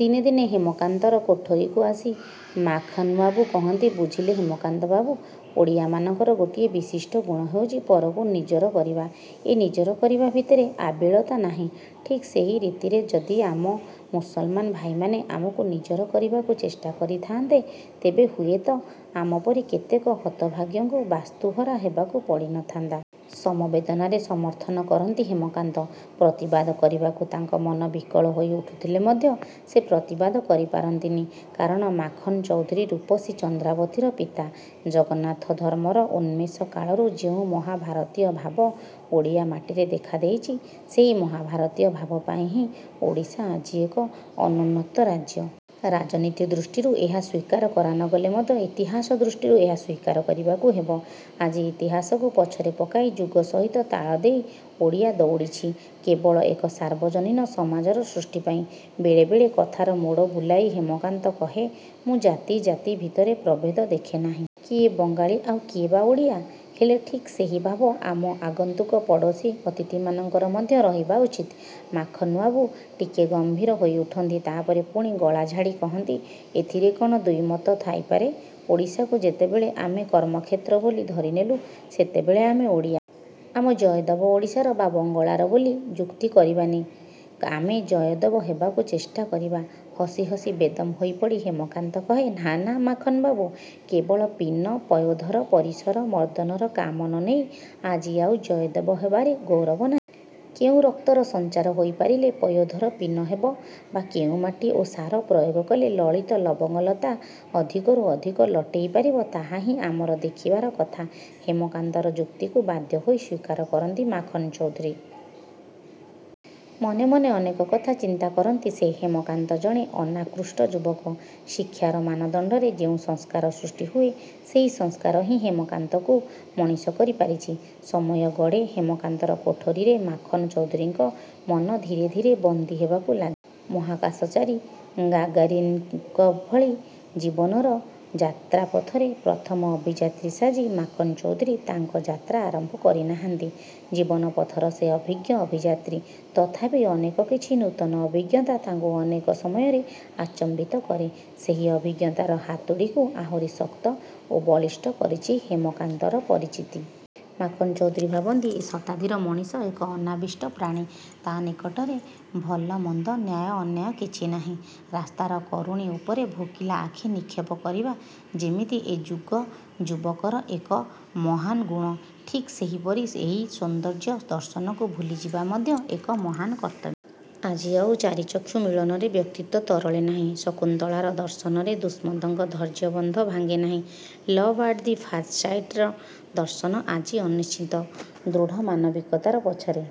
ଦିନେ ଦିନେ ହେମକାନ୍ତର କୋଠରୀକୁ ଆସି ମାଖନ୍ବାବୁ କହନ୍ତି ''ବୁଝିଲେ ହେମକାନ୍ତ ବାବୁ! ଓଡ଼ିଆମାନଙ୍କର ଗୋଟିଏ ବିଶିଷ୍ଟ ଗୁଣ ହେଉଛି ପରକୁ ନିଜର କରିବା। ଏ ନିଜର କରିବା ଭିତରେ ଆବିଳତା ନାହିଁ। ଠିକ୍ ସେହି ରୀତିରେ ଯଦି ଆମ ମୁସଲମାନ ଭାଇମାନେ ଆମକୁ ନିଜର କରିବାକୁ ଚେଷ୍ଟା କରିଥାଆନ୍ତେ ,ତେବେ ହୁଏତ ଆମ ପରି କେତେକ ହତଭାଗ୍ୟଙ୍କୁ ବାସ୍ତୁହରା ହେବାକୁ ପଡ଼ି ନ ଥାନ୍ତା। '' ସମବେଦନାରେ ସମର୍ଥନ କରନ୍ତି ହେମକାନ୍ତ। ପ୍ରତିବାଦ କରିବାକୁ ତାଙ୍କ ମନ ବିକଳ ହୋଇ ଉଠୁଥିଲେ ମଧ୍ୟ ସେ ପ୍ରତିବାଦ କରି ପାରନ୍ତିନି। କାରଣ, ମାଖନ୍ ଚୌଧୁରୀ ରୂପସୀ ଚନ୍ଦ୍ରାବତୀର ପିତା। ଜଗନ୍ନାଥ ଧର୍ମର ଉନ୍ମେଷ କାଳରୁ ଯେଉଁ ମହାଭାରତୀୟ ଭାବ ଓଡ଼ିଆ ମାଟିରେ ଦେଖାଦେଇଛି, ସେହି ମହାଭାରତୀୟ ଭାବପାଇଁ ହିଁ ଓଡ଼ିଶା ଆଜି ଏକ ଅନୁନ୍ନତ ରାଜ୍ୟ। ରାଜନୀତି ଦୃଷ୍ଟିରୁ ଏହା ସ୍ୱୀକାର କରା ନ ଗଲେ ମଧ୍ୟ ଇତିହାସ ଦୃଷ୍ଟିରୁ ଏହା ସ୍ୱୀକାର କରିବାକୁ ହେବ। ଆଜି ଇତିହାସକୁ ପଛରେ ପକାଇ ଯୁଗ ସହିତ ତାଳ ଦେଇ ଓଡ଼ିଆ ଦୌଡ଼ଛି, କେବଳ ଏକ ସାର୍ବଜନୀନ ସମାଜର ସୃଷ୍ଟି ପାଇଁ। ବେଳେ ବେଳେ କଥାର ମୋଡ଼ ବୁଲାଇ ହେମକାନ୍ତ କହେ''ମୁଁ ଜାତି ଜାତି ଭିତରେ ପ୍ରଭେଦ ଦେଖେ ନାହିଁ। କିଏ ବଙ୍ଗାଳୀ ଆଉ କିଏ ବା ଓଡ଼ିଆ? ହେଲେ ଠିକ୍ ସେହି ଭାବ ଆମ ଆଗନ୍ତୁକ ପଡ଼ୋଶୀ ଅତିଥିମାନଙ୍କର ମଧ୍ୟ ରହିବା ଉଚିତ। '' ମାଖନ୍ବାବୁ ଟିକେ ଗମ୍ଭୀର ହୋଇଉଠନ୍ତି। ତା'ପରେ ପୁଣି ଗଳା ଝାଡ଼ି କହନ୍ତି ''ଏଥିରେ କ'ଣ ଦ୍ୱିମତ ଥାଇପାରେ? ଓଡ଼ିଶାକୁ ଯେତେବେଳେ ଆମେ କର୍ମକ୍ଷେତ୍ର ବୋଲି ଧରିନେଲୁ, ସେତେବେଳେ ଆମେ ଓଡ଼ିଆ। ଆମ ଜୟଦେବ ଓଡ଼ିଶାର ବା ବଙ୍ଗଳାର ବୋଲି ଯୁକ୍ତି କରିବାନି, ଆମେ ଜୟଦେବ ହେବାକୁ ଚେଷ୍ଟା କରିବା। '' ହସି ହସି ବେଦମ୍ ହୋଇପଡ଼ି ହେମକାନ୍ତ କହେ ''ନାଁ ନାଁ ମାଖନ ବାବୁ। କେବଳ ପୀନ ପୟୋଧର ପରିସର ମର୍ଦନର କାମନ ନେଇ ଆଜି ଆଉ ଜୟଦେବ ହେବାରେ ଗୌରବ ନାହିଁ। କେଉଁ ରକ୍ତର ସଞ୍ଚାର ହୋଇ ପାରିଲେ ପୟୋଧର ପୀନ ହେବ ବା କେଉଁ ମାଟି ଓ ସାର ପ୍ରୟୋଗ କଲେ ଲଳିତ ଲବଙ୍ଗଲତା ଅଧିକରୁ ଅଧିକ ଲଟେଇ ପାରିବ, ତାହା ହିଁ ଆମର ଦେଖିବାର କଥା। '' ହେମକାନ୍ତର ଯୁକ୍ତିକୁ ବାଧ୍ୟ ହୋଇ ସ୍ୱୀକାର କରନ୍ତି ମାଖନ୍ଚୌଧୁରୀ। ମନେ ମନେ ଅନେକ କଥା ଚିନ୍ତା କରନ୍ତି ସେ। ହେମକାନ୍ତ ଜଣେ ଅନାକୃଷ୍ଟ ଯୁବକ। ଶିକ୍ଷାର ମାନଦଣ୍ଡରେ ଯେଉଁ ସଂସ୍କାର ସୃଷ୍ଟି ହୁଏ, ସେହି ସଂସ୍କାର ହିଁ ହେମକାନ୍ତକୁ ମଣିଷ କରି ପାରିଛି। ସମୟ ଗଡ଼େ। ହେମକାନ୍ତର କୋଠରୀରେ ମାଖନ୍ ଚୌଧୁରୀଙ୍କ ମନ ଧୀରେ ଧୀରେ ବନ୍ଦୀ ହେବାକୁ ଲାଗେ। ମହାକାଶଚାରୀ ଗାଗାରିନ୍ଙ୍କ ଭଳି ଜୀବନର ଯାତ୍ରାପଥରେ ପ୍ରଥମ ଅଭିଯାତ୍ରୀ ସାଜି, ମାଖନ୍ଚୌଧୁରୀ ତାଙ୍କ ଯାତ୍ରା ଆରମ୍ଭ କରି ନାହାଁନ୍ତି। ଜୀବନ ପଥର ସେ ଅଭିଜ୍ଞ ଅଭିଯାତ୍ରୀ। ତଥାପି ଅନେକ କିଛି ନୂତନ ଅଭିଜ୍ଞତା ତାଙ୍କୁ ଅନେକ ସମୟରେ ଆଚମ୍ବିତ କରେ। ସେହି ଅଭିଜ୍ଞତାର ହାତୁଡ଼ିକୁ ଆହୁରି ଶକ୍ତ ଓ ବଳିଷ୍ଠ କରିଛି ହେମକାନ୍ତର ପରିଚିତି। ମାଖନ୍ ଚୌଧୁରୀ ଭାବନ୍ତି, ଏ ଶତାବ୍ଦୀର ମଣିଷ ଏକ ଅନାବିଷ୍ଟ ପ୍ରାଣୀ। ତା' ନିକଟରେ ଭଲ ମନ୍ଦ ନ୍ୟାୟ ଅନ୍ୟାୟ କିଛି ନାହିଁ। ରାସ୍ତାର କରୁଣୀ ଉପରେ ଭୋକିଲା ଆଖି ନିକ୍ଷେପ କରିବା ଯେମିତି ଏ ଯୁଗ ଯୁବକର ଏକ ମହାନ୍ଗୁଣ, ଠିକ୍ ସେହିପରି ସେହି ସୌନ୍ଦର୍ଯ୍ୟ ଦର୍ଶନକୁ ଭୁଲିଯିବା ମଧ୍ୟ ଏକ ମହାନ କର୍ତ୍ତ ଆଜି ଆଉ ଚାରିଚକ୍ଷୁ ମିଳନରେ ବ୍ୟକ୍ତିତ୍ୱ ତରଳେ ନାହିଁ। ଶକୁନ୍ତଳାର ଦର୍ଶନରେ ଦୁଷ୍ମନ୍ତଙ୍କ ଧୈର୍ଯ୍ୟବନ୍ଧ ଭାଙ୍ଗେ ନାହିଁ। ଲଭ୍ ଆଟ୍ ଦି ଫାଷ୍ଟ୍ ସାଇଟ୍ର ଦର୍ଶନ ଆଜି ଅନିଶ୍ଚିତ। ଦୃଢ଼ ମାନବିକତାର ପଛରେ।